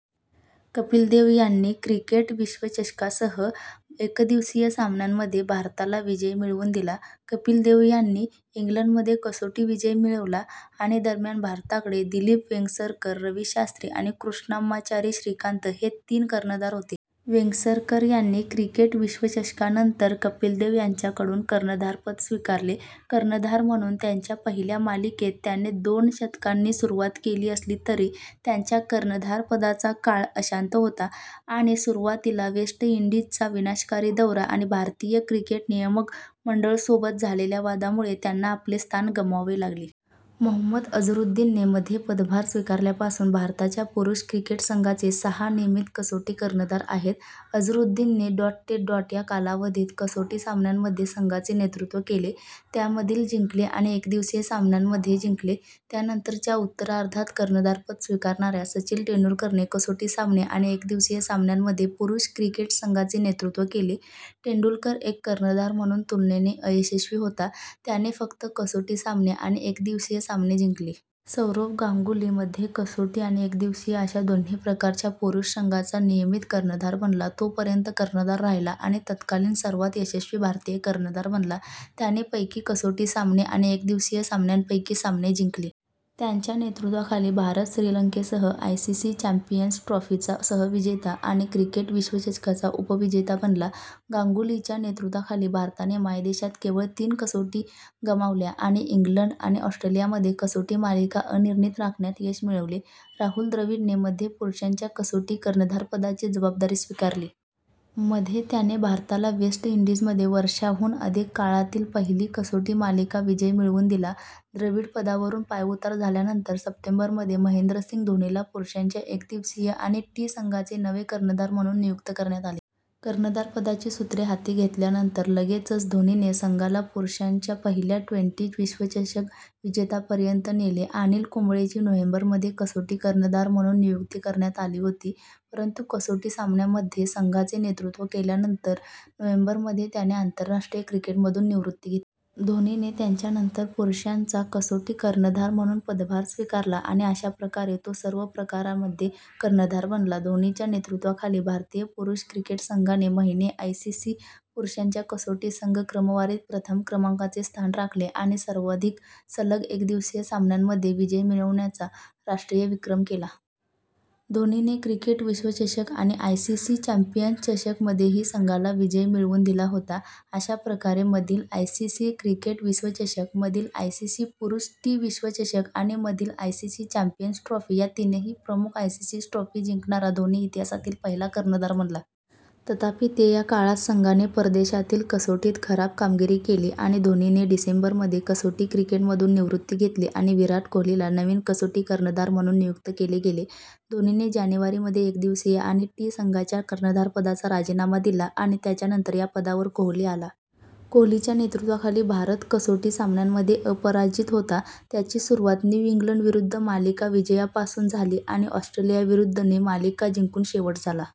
कपिल देव यांनी च्या क्रिकेट विश्वचषकासह, पैकी एकदिवसीय सामन्यांमध्ये भारताला विजय मिळवून दिला. कपिल देव यांनी साली इंग्लंडमध्ये - कसोटी विजय मिळवला. - आणि - दरम्यान, भारताकडे दिलीप वेंगसरकर, रवी शास्त्री आणि कृष्णम्माचारी श्रीकांत हे तीन कर्णधार होते. वेंगसरकर यांनी च्या क्रिकेट विश्वचषकानंतर कपिल देव यांच्याकडून कर्णधारपद स्वीकारले. कर्णधार म्हणून त्याच्या पहिल्या मालिकेत त्याने दोन शतकांनी सुरुवात केली असली तरी, त्याच्या कर्णधारपदाचा काळ अशांत होता आणि च्या सुरुवातीला वेस्ट इंडीजचा विनाशकारी दौरा आणि भारतीय क्रिकेट नियामक मंडळ सोबत झालेल्या वादामुळे त्यांना आपले स्थान गमवावे लागले. मोहम्मद अझरुद्दीनने मध्ये पदभार स्वीकारल्यापासून भारताच्या पुरुष क्रिकेट संघाचे सहा नियमित कसोटी कर्णधार आहेत. अझरुद्दीनने - ते - या कालावधीत कसोटी सामन्यांमध्ये संघाचे नेतृत्व केले, त्यामधील जिंकले आणि एकदिवसीय सामन्यांपैकी जिंकले. त्यानंतर च्या उत्तरार्धात कर्णधारपद स्वीकारणाऱ्या सचिन तेंडुलकरने कसोटी सामने आणि एकदिवसीय सामन्यांमध्ये पुरुष क्रिकेट संघाचे नेतृत्व केले; तेंडुलकर एक कर्णधार म्हणून तुलनेने अयशस्वी होता, त्याने फक्त कसोटी सामने आणि एकदिवसीय सामने जिंकले.। सौरव गांगुली मध्ये कसोटी आणि एकदिवसीय अशा दोन्ही प्रकारांमध्ये पुरुष संघाचा नियमित कर्णधार बनला. तो - पर्यंत कर्णधार राहिला आणि तत्कालीन सर्वात यशस्वी भारतीय कर्णधार बनला, त्याने पैकी कसोटी सामने आणि एकदिवसीय सामन्यांपैकी सामने जिंकले. त्याच्या नेतृत्वाखाली, भारत श्रीलंकेसह आयसीसी चॅम्पियन्स ट्रॉफीचा सहविजेता आणि क्रिकेट विश्वचषकाचा उपविजेता बनला. गांगुलीच्या नेतृत्वाखाली भारताने मायदेशात केवळ तीन कसोटी गमावल्या आणि इंग्लंड आणि ऑस्ट्रेलियामध्ये कसोटी मालिका अनिर्णित राखण्यात यश मिळवले. राहुल द्रविडने मध्ये पुरुषांच्या कसोटी कर्णधारपदाची जबाबदारी स्वीकारली. मध्ये, त्याने भारताला वेस्ट इंडीजमध्ये वर्षांहून अधिक काळातील पहिला कसोटी मालिका विजय मिळवून दिला. द्रविड पदावरून पायउतार झाल्यानंतर सप्टेंबर मध्ये, महेंद्रसिंग धोनीला पुरुषांच्या एकदिवसीय आणि टी संघांचे नवे कर्णधार म्हणून नियुक्त करण्यात आले. कर्णधारपदाची सूत्रे हाती घेतल्यानंतर लगेचच धोनीने संघाला पुरुषांच्या पहिल्या ट्वेंटी विश्वचषक विजेतेपदापर्यंत नेले. अनिल कुंबळेची नोव्हेंबर मध्ये कसोटी कर्णधार म्हणून नियुक्ती करण्यात आली होती, परंतु कसोटी सामन्यांमध्ये संघाचे नेतृत्व केल्यानंतर नोव्हेंबर मध्ये त्यांने आंतरराष्ट्रीय क्रिकेटमधून निवृत्ती घेतली. धोनीने त्याच्यानंतर पुरुषांचा कसोटी कर्णधार म्हणून पदभार स्वीकारला आणि अशा प्रकारे तो सर्व प्रकारांमध्ये कर्णधार बनला. धोनीच्या नेतृत्वाखाली, भारतीय पुरुष क्रिकेट संघाने महिने आयसीसी पुरुषांच्या कसोटी संघ क्रमवारीत प्रथम क्रमांकाचे स्थान राखले आणि सर्वाधिक सलग एकदिवसीय सामन्यांमध्ये विजय मिळवण्याचा राष्ट्रीय विक्रम केला. धोनीने क्रिकेट विश्वचषक आणि आयसीसी चॅम्पियन्स चषक मध्येही संघाला विजय मिळवून दिला होता. अशा प्रकारे, मधील आयसीसी क्रिकेट विश्वचषक, मधील आयसीसी पुरुष टी विश्वचषक आणि मधील आयसीसी चॅम्पियन्स ट्रॉफी या तीनही प्रमुख आयसीसी ट्रॉफी जिंकणारा धोनी इतिहासातील पहिला कर्णधार बनला. तथापि, ते या काळात संघाने परदेशातील कसोटीत खराब कामगिरी केली आणि धोनीने डिसेंबर मध्ये कसोटी क्रिकेटमधून निवृत्ती घेतली आणि विराट कोहलीला नवीन कसोटी कर्णधार म्हणून नियुक्त केले गेले. धोनीने जानेवारी मध्ये एकदिवसीय आणि टी संघांच्या कर्णधारपदाचा राजीनामा दिला आणि त्याच्यानंतर या पदावरकोहली आला. कोहलीच्या नेतृत्वाखाली, भारत कसोटी सामन्यांमध्ये अपराजित होता, ज्याची सुरुवात न्यू झीलंड विरुद्ध - मालिका विजयापासून झाली आणि ऑस्ट्रेलियाविरुद्ध - ने मालिका जिंकून शेवट झाला.